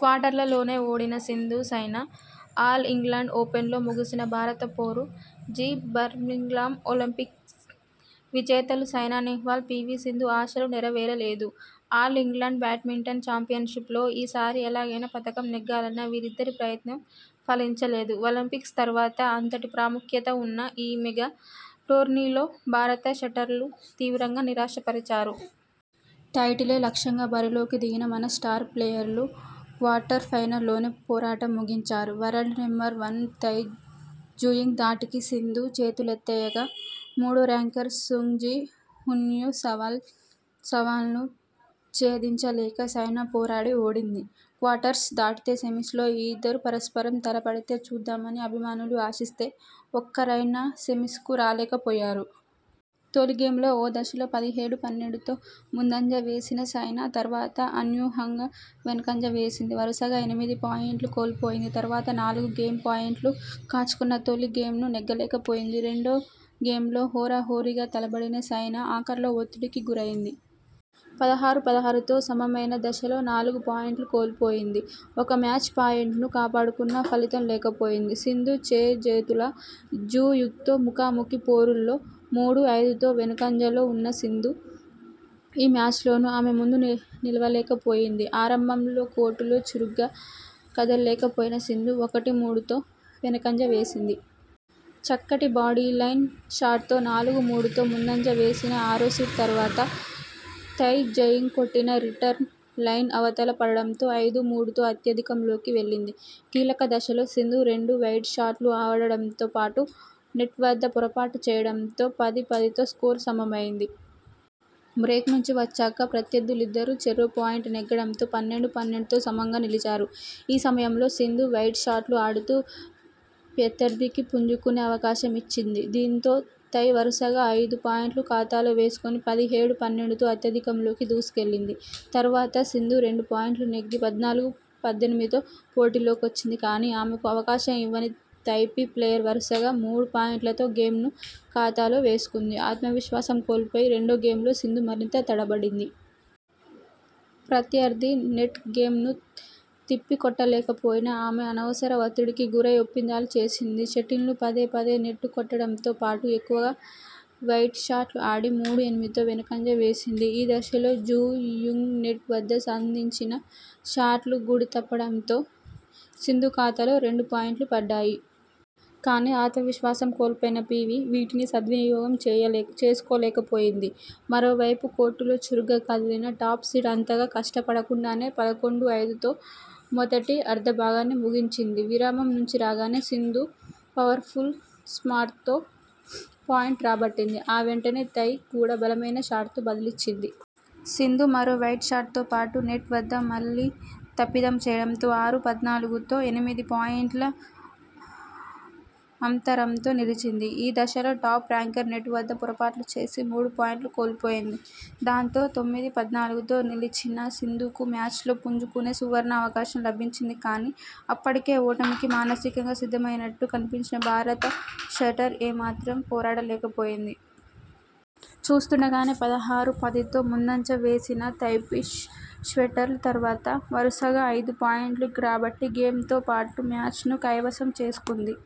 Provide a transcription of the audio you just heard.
క్వార్టర్స్లోనే ఓడిన Sindhu, Saina all England ఓపెన్లో ముగిసిన భారత పోరు జీబర్మింగ్హామ్ ఒలింపిక్ విజేతలు సైనా నెహ్వాల్, పీవీ సింధు ఆశలు నెరవేరలేదు. ఆల్ ఇంగ్లండ్ బ్యాడ్మింటన్ ఛాంపియన్షిప్ లో ఈ సారి ఎలాగైనా పతకం నెగ్గాలన్న వీరిద్దరి ప్రయత్నం ఫలించలేదు. ఒలింపిక్స్ తర్వాత అంతటి ప్రాముఖ్యత ఉన్న ఈ మెగా టోర్నీలో భారత షట్లర్లు తీవ్రంగా నిరాశ పరిచారు. టైటిలే లక్ష్యంగా బరిలోకి దిగిన మన స్టార్ ప్లేయర్లు క్వార్టర్ ఫైనల్ ల్లోనే పోరాటం ముగించారు. World number one Tai Tzu-ying ధాటికి సింధు చేతులెత్తేయగా మూడో ర్యాంకర్ సుంగ్ జి హ్యున్ను సవాల్ను ఛేదించలేక సైనా పోరాడి ఓడింది. క్వార్టర్స్ దాటితే సెమిస్ లో ఈ ఇద్దరు పరస్పరం తలపడితే చూద్దామని అభిమానులు ఆశిస్తే ఒక్కరైనా సెమిస్ కు రాలేకపోయారు. తొలి గేమ్లో ఓ దశలో పదిహేడు-పన్నెండుతో ముందంజ వేసిన సైనా తర్వాత అనూహ్యంగా వెనుకంజ వేసింది. వరుసగా ఎనిమిది పాయుంట్లు కోల్పోయింది. తర్వాత నాలుగు గేమ్ పాయింట్లు కాచుకున్నా తొలి గేమ్ ను నెగ్గలేకపోయింది. రెండో గేమ్లో హోరాహోరీగా తలపడిన సైనా ఆఖర్లో ఒత్తిడికి గురైంది. పదహారు-పదహారుతో సమమైన దశలో నాలుగు పాయింట్లు కోల్పోయింది. ఒక మ్యాచ్ పాయింట్ను కాపాడుకున్నా ఫలితం లేకపోయింది. సింధు చేజేతులా జు యింగ్తో ముఖాముఖీ పోరుల్లో మూడు-ఐదుతో వెనుకంజలో ఉన్న సింధు ఈ మ్యాచ్లోనూ ఆమె ముందు నిలువలేకపోయింది. ఆరంభంలో కోర్టులో చురుగ్గా కదల్లేకపోయిన సింధు ఒకటి-మూడుతో వెనుకంజ వేసింది. చక్కటి బాడీలైన్ షాట్తో నాలుగు-మూడుతో ముందంజ వేసిన ఆరోసీడ్ తర్వాత తై జయింగ్ కొట్టిన రిటర్న్ లైన్ అవతల పడడంతో ఐదు-మూడుతో ఆధిక్యంలోకి వెళ్లింది. కీలక దశలో సింధు రెండు వైడ్ షాట్లు ఆడడంతో పాటు నెట్ వద్ద పొరపాటు చేయడంతో పది-పదితో స్కోరు సమమైంది. బ్రేక్ నుంచి వచ్చాక ప్రత్యర్థులిద్దరూ చెరో పాయింట్ నెగ్గడంతో పన్నెండు-పన్నెండుతో సమంగా నిలిచారు. ఈ సమయంలో సింధు వైడ్ షాట్లు ఆడుతూ ప్రత్యర్థికి పుంజుకునే అవకాశం ఇచ్చుకుంది. దీంతో తై వరుసగా ఐదు పాయింట్లు ఖాతాలో వేసుకొని పదిహేడు-పన్నెండుతో ఆధిక్యంలోకి దూసుకెళ్లింది. తర్వాత సింధు రెండు పాయింట్లు నెగ్గి పద్నాలుగు-పద్దెనిమిదితో పోటీలోకొచ్చింది కానీ, ఆమెకు అవకాశం ఇవ్వని తైపీ ప్లేయర్ వరుసగా మూడు పాయింట్లతో గేమ్ ను ఖాతాలో వేసుకుంది ఆత్మవిశ్వాసం కోల్పోయి రెండో గేమ్లో సింధు మరింత తడబడింది. ప్రత్యర్థి నెట్ గేమ్ ను తిప్పికొట్టలేకపోయిన ఆమె అనవసర ఒత్తిడికి గురై తప్పిదాలు చేసింది. షటిల్ను పదే పదే నెట్కు కొట్టడంతో పాటు ఎక్కువగా వైడ్ షాట్లు ఆడి మూడు-ఎనిమిదితో వెనుకంజ వేసింది ఈ దశలో జు యింగ్ నెట్ వద్ద సంధించిన షాట్లు గురి తప్పడంతో సింధు ఖాతాలో రెండు పాయింట్లు పడ్డాయి. కానీ, ఆత్మవిశ్వాసం కోల్పోయిన పీవీ వీటిని సద్వినియోగం చేసుకోలేకపోయింది. మరోవైపు కోర్టులో చురుగ్గా కదిలిన టాప్ సీడ్ అంతగా కష్టపడకుండానే పదకొండు-ఐదుతో మొదటి అర్ధ భాగాన్ని ముగించింది విరామం నుంచి రాగానే సింధు పవర్ఫుల్ స్మాష్తో పాయింట్ రాబట్టింది. ఆ వెంటనే తై కూడా బలమైన షాట్తో బదులిచ్చింది. సింధు మరో వైడ్ షాట్తో పాటు నెట్ వద్ద మళ్లీ తప్పిదం చేయడంతో ఆరు-పద్నాలుగుతో ఎనిమిది పాయుంట్ల అంతరంతో నిలిచింది ఈ దశలో టాప్ ర్యాంకర్ నెట్ వద్ద పొరపాట్లు చేసి మూడు పాయింట్లు కోల్పోయింది దాంతో తొమ్మిది-పద్నాలుగుతో నిలిచిన సింధుకు మ్యాచ్లో పుంజుకునే సువర్ణావకాశం లభించింది కానీ, అప్పటికే ఓటమికి మానసికంగా సిద్ధమైపోయినట్టు కనిపించిన భారత షట్లర్ ఏ మాత్రం పోరాడలేకపోయింది. చూస్తుండగానే పదహారు-పదితో ముందంజ వేసిన తైపీ షట్లర్ తర్వాత వరుసగా ఐదు పాయింట్లు రాబట్టి గేమ్ తో పాటు మ్యాచ్నూ కైవసం చేసుకుంది